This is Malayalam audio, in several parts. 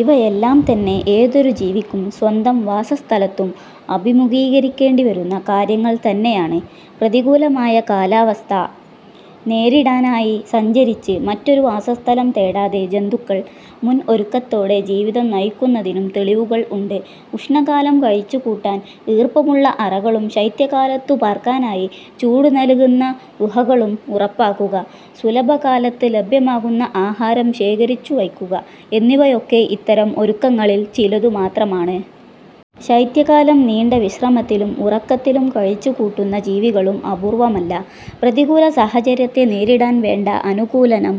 ഇവയെല്ലാംതന്നെ ഏതൊരു ജീവിക്കും സ്വന്തം വാസസ്ഥലത്തും അഭിമുഖീകരിക്കേണ്ടിവരുന്ന കാര്യങ്ങൾ തന്നെയാണ്. പ്രതികൂലമായ കാലവസ്ഥ നേരിടാനായി സഞ്ചരിച്ച് മറ്റൊരു വാസസ്ഥലം തേടാതെ ജന്തുക്കൾ മുൻഒരുക്കത്തോടെ ജീവിതം നയിക്കുന്നതിനും തെളിവുകൾ ഉണ്ട്. ഉഷ്ണകാലം കഴിച്ചുകൂട്ടാൻ ഈർപ്പമുള്ള അറകളും ശൈത്യകാലത്തു പാർക്കാനായി ചൂടുനല്കുന്ന ഗുഹകളും ഉറപ്പാക്കുക, സുലഭകാലത്ത് ലഭ്യമാകുന്ന ആഹാരം ശേഖരിച്ചുവയ്ക്കുക എന്നിവയൊക്കെ ഇത്തരം ഒരുക്കങ്ങളിൽ ചിലതു മാത്രമാണ്. ശൈത്യകാലം നീണ്ട വിശ്രമത്തിലും ഉറക്കത്തിലും കഴിച്ചുകൂട്ടുന്ന ജീവികളും അപൂർവമല്ല. പ്രതികൂലസാഹചര്യത്തെ നേരിടാൻവേണ്ട അനുകൂലനം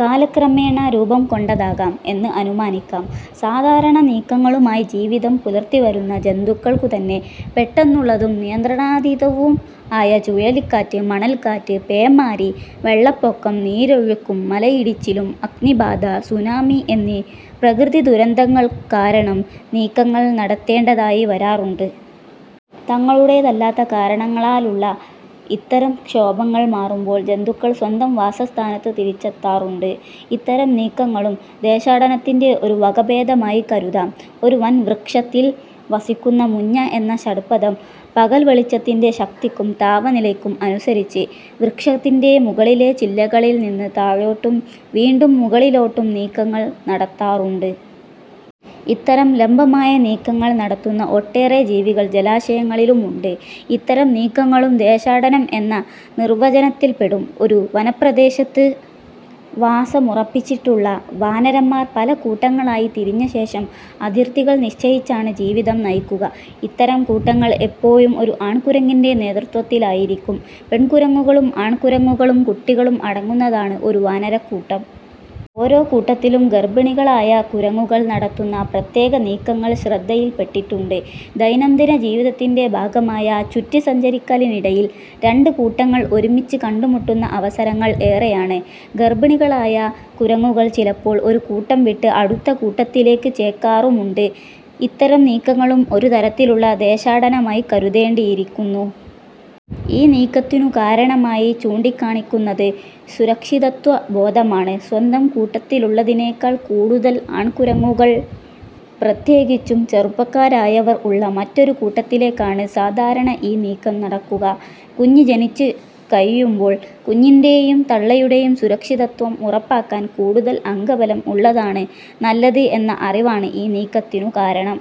കാലക്രമേണ രൂപംകൊണ്ടതാകാം എന്ന് അനുമാനിക്കാം. സാധാരണ നീക്കങ്ങളുമായി ജീവിതം പുലർത്തിവരുന്ന ജന്തുക്കൾക്കുതന്നെ പെട്ടെന്നുള്ളതും നിയന്ത്രണാതീതവും ആയ ചുഴലിക്കാറ്റ്, മണൽക്കാറ്റ്, പേമാരി, വെള്ളപ്പൊക്കം, നീരൊഴുക്കും മലയിടിച്ചിലും, അഗ്നിബാധ, സുനാമി എന്നീ പ്രകൃതിദുരന്തങ്ങൾകാരണം നീക്കങ്ങൾ നടത്തേണ്ടതായി വരാറുണ്ട്. തങ്ങളുടേതല്ലാത്ത കാരണങ്ങളാലുള്ള ഇത്തരം ക്ഷോഭങ്ങൾ മാറുമ്പോൾ ജന്തുക്കൾ സ്വന്തം വാസസ്ഥാനത്ത് തിരിച്ചെത്താറുണ്ട്. ഇത്തരം നീക്കങ്ങളും ദേശാടനത്തിന്റെ ഒരു വകഭേദമായി കരുതാം. ഒരു വൻവൃക്ഷത്തിൽ വസിക്കുന്ന മുഞ്ഞ എന്ന ഷഡ്പദം പകൽവെളിച്ചത്തിന്റെ ശക്തിക്കും താപനിലയ്ക്കും അനുസരിച്ച് വൃക്ഷത്തിന്റെ മുകളിലെ ചില്ലകളിൽനിന്ന് താഴോട്ടും വീണ്ടും മുകളിലോട്ടും നീക്കങ്ങൾ നടത്താറുണ്ട്. ഇത്തരം ലംബമായ നീക്കങ്ങൾ നടത്തുന്ന ഒട്ടേറെ ജീവികൾ ജലാശയങ്ങളിലുമുണ്ട്. ഇത്തരം നീക്കങ്ങളും ദേശാടനം എന്ന നിർവചനത്തിൽപ്പെടും. ഒരു വനപ്രദേശത്ത് വാസമുറപ്പിച്ചിട്ടുള്ള വാനരന്മാർ പല കൂട്ടങ്ങളായി തിരിഞ്ഞശേഷം അതിർത്തികൾ നിശ്ചയിച്ചാണ് ജീവിതം നയിക്കുക. ഇത്തരം കൂട്ടങ്ങൾ എപ്പോഴും ഒരു ആൺകുരങ്ങിന്റെ നേതൃത്വത്തിലായിരിക്കും. പെൺകുരങ്ങുകളും ആൺകുരങ്ങുകളും കുട്ടികളും അടങ്ങുന്നതാണ് ഒരു വാനരക്കൂട്ടം. ഓരോ കൂട്ടത്തിലും ഗർഭിണികളായ കുരങ്ങുകൾ നടത്തുന്ന പ്രത്യേക നീക്കങ്ങൾ ശ്രദ്ധയിൽ പ്പെട്ടിട്ടുണ്ട്. ദൈനംദിന ജീവിതത്തിന്റെ ഭാഗമായ ചുറ്റിസഞ്ചരിക്കലിനിടയിൽ രണ്ട് കൂട്ടങ്ങൾ ഒരുമിച്ച് കണ്ടുമുട്ടുന്ന അവസരങ്ങൾ ഏറെയാണ്. ഗർഭിണികളായ കുരങ്ങുകൾ ചിലപ്പോൾ ഒരു കൂട്ടം വിട്ട് അടുത്ത കൂട്ടത്തിലേക്ക് ചേക്കാറുമുണ്ട്. ഇത്തരം നീക്കങ്ങളും ഒരുതരത്തിലുള്ള ദേശാടനമായി കരുതേണ്ടിയിരിക്കുന്നു. ഈ നീക്കത്തിനു കാരണമായി ചൂണ്ടിക്കാണിക്കുന്നത് സുരക്ഷിതത്വബോധമാണ്. സ്വന്തം കൂട്ടത്തിലുള്ളതിനെക്കാൾ കൂടുതൽ ആൺകുരങ്ങുകൾ, പ്രത്യേകിച്ചും ചെറുപ്പക്കാരായവർ ഉള്ള മറ്റൊരു കൂട്ടത്തിലേക്കാണ് സാധാരണ ഈ നീക്കം നടക്കുക. കുഞ്ഞ് ജനിച്ചുകഴിയുമ്പോൾ കുഞ്ഞിന്റെയും തള്ളയുടെയും സുരക്ഷിതത്വം ഉറപ്പാക്കാൻ കൂടുതൽ അംഗബലം ഉള്ളതാണ് നല്ലത് എന്ന അറിവാണ് ഈ നീക്കത്തിനു കാരണം.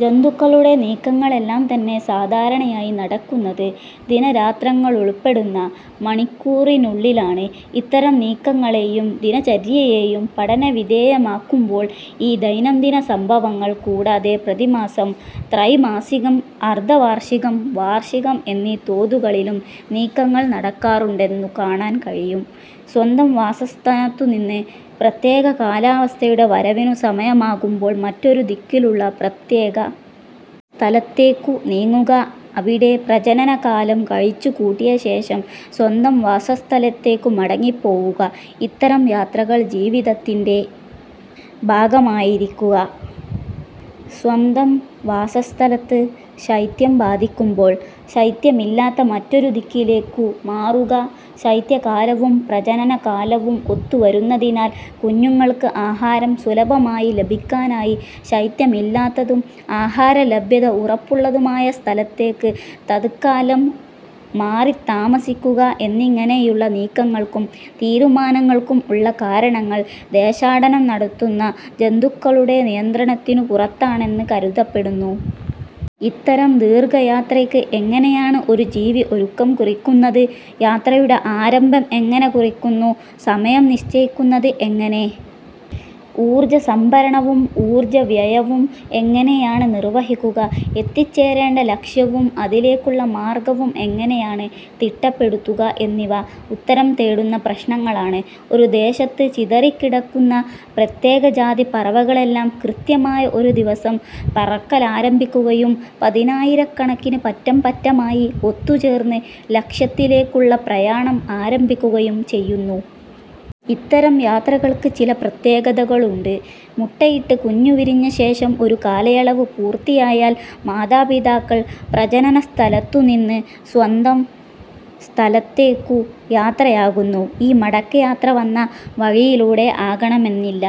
ജന്തുക്കളുടെ നീക്കങ്ങളെല്ലാംതന്നെ സാധാരണയായി നടക്കുന്നത് ദിനരാത്രങ്ങളുൾപ്പെടുന്ന മണിക്കൂറിനുള്ളിലാണ്. ഇത്തരം നീക്കങ്ങളെയും ദിനചര്യയെയും പഠനവിധേയമാക്കുമ്പോൾ ഈ ദൈനംദിന സംഭവങ്ങൾ കൂടാതെ പ്രതിമാസം, ത്രൈമാസികം, അർധവാർഷികം, വാർഷികം എന്നീ തോതുകളിലും നീക്കങ്ങൾ നടക്കാറുണ്ടെന്നു കാണാൻ കഴിയും. സ്വന്തം വാസസ്ഥാനത്തുനിന്ന് പ്രത്യേക കാലാവസ്ഥയുടെ വരവിനു സമയമാകുമ്പോൾ മറ്റൊരു ദിക്കിലുള്ള പ്രത്യേക സ്ഥലത്തേക്കു നീങ്ങുക, അവിടെ പ്രജനനകാലം കഴിച്ചുകൂട്ടിയശേഷം സ്വന്തം വാസസ്ഥലത്തേക്കു മടങ്ങിപ്പോവുക, ഇത്തരം യാത്രകൾ ജീവിതത്തിന്റെ ഭാഗമായിരിക്കുക, സ്വന്തം വാസസ്ഥലത്ത് ശൈത്യം ബാധിക്കുമ്പോൾ ശൈത്യമില്ലാത്ത മറ്റൊരു ദിക്കിലേക്കു മാറുക, ശൈത്യകാലവും പ്രജനനകാലവും ഒത്തുവരുന്നതിനാൽ കുഞ്ഞുങ്ങൾക്ക് ആഹാരം സുലഭമായി ലഭിക്കാനായി ശൈത്യമില്ലാത്തതും ആഹാരലഭ്യത ഉറപ്പുള്ളതുമായ സ്ഥലത്തേക്ക് തത്ക്കാലം മാറിത്താമസിക്കുക എന്നിങ്ങനെയുള്ള നീക്കങ്ങൾക്കും തീരുമാനങ്ങൾക്കും ഉള്ള കാരണങ്ങൾ ദേശാടനം നടത്തുന്ന ജന്തുക്കളുടെ നിയന്ത്രണത്തിനു പുറത്താണെന്ന് കരുതപ്പെടുന്നു. ഇത്തരം ദീർഘയാത്രയ്ക്ക് എങ്ങനെയാണ് ഒരു ജീവി ഒരുക്കം കുറിക്കുന്നത്, യാത്രയുടെ ആരംഭം എങ്ങനെ കുറിക്കുന്നു, സമയം നിശ്ചയിക്കുന്നത് എങ്ങനെ, ഊർജസംഭരണവും ഊർജവ്യയവും എങ്ങനെയാണ് നിർവഹിക്കുക, എത്തിച്ചേരേണ്ട ലക്ഷ്യവും അതിലേക്കുള്ള മാർഗവും എങ്ങനെയാണ് തിട്ടപ്പെടുത്തുക എന്നിവ ഉത്തരം തേടുന്ന പ്രശ്നങ്ങളാണ്. ഒരു ദേശത്ത് ചിതറിക്കിടക്കുന്ന പ്രത്യേകജാതി പറവകളെല്ലാം കൃത്യമായ ദിവസം പറക്കലാരംഭിക്കുകയും, പതിനായിരക്കണക്കിന് പറ്റം പറ്റമായി ഒത്തു ചേർന്ന് ലക്ഷ്യത്തിലേക്കുള്ള പ്രയാണം ആരംഭിക്കുകയും ചെയ്യുന്നു. ഇത്തരം യാത്രകൾക്ക് ചില പ്രത്യേകതകളുണ്ട്. മുട്ടയിട്ട് കുഞ്ഞ് വിരിഞ്ഞശേഷം ഒരു കാലയളവ് പൂർത്തിയായാൽ മാതാപിതാക്കൾ പ്രജനനസ്ഥലത്തുനിന്ന് സ്വന്തം സ്ഥലത്തേക്കു യാത്രയാകുന്നു. ഈ മടക്കയാത്ര വന്ന വഴിയിലൂടെ ആകണമെന്നില്ല.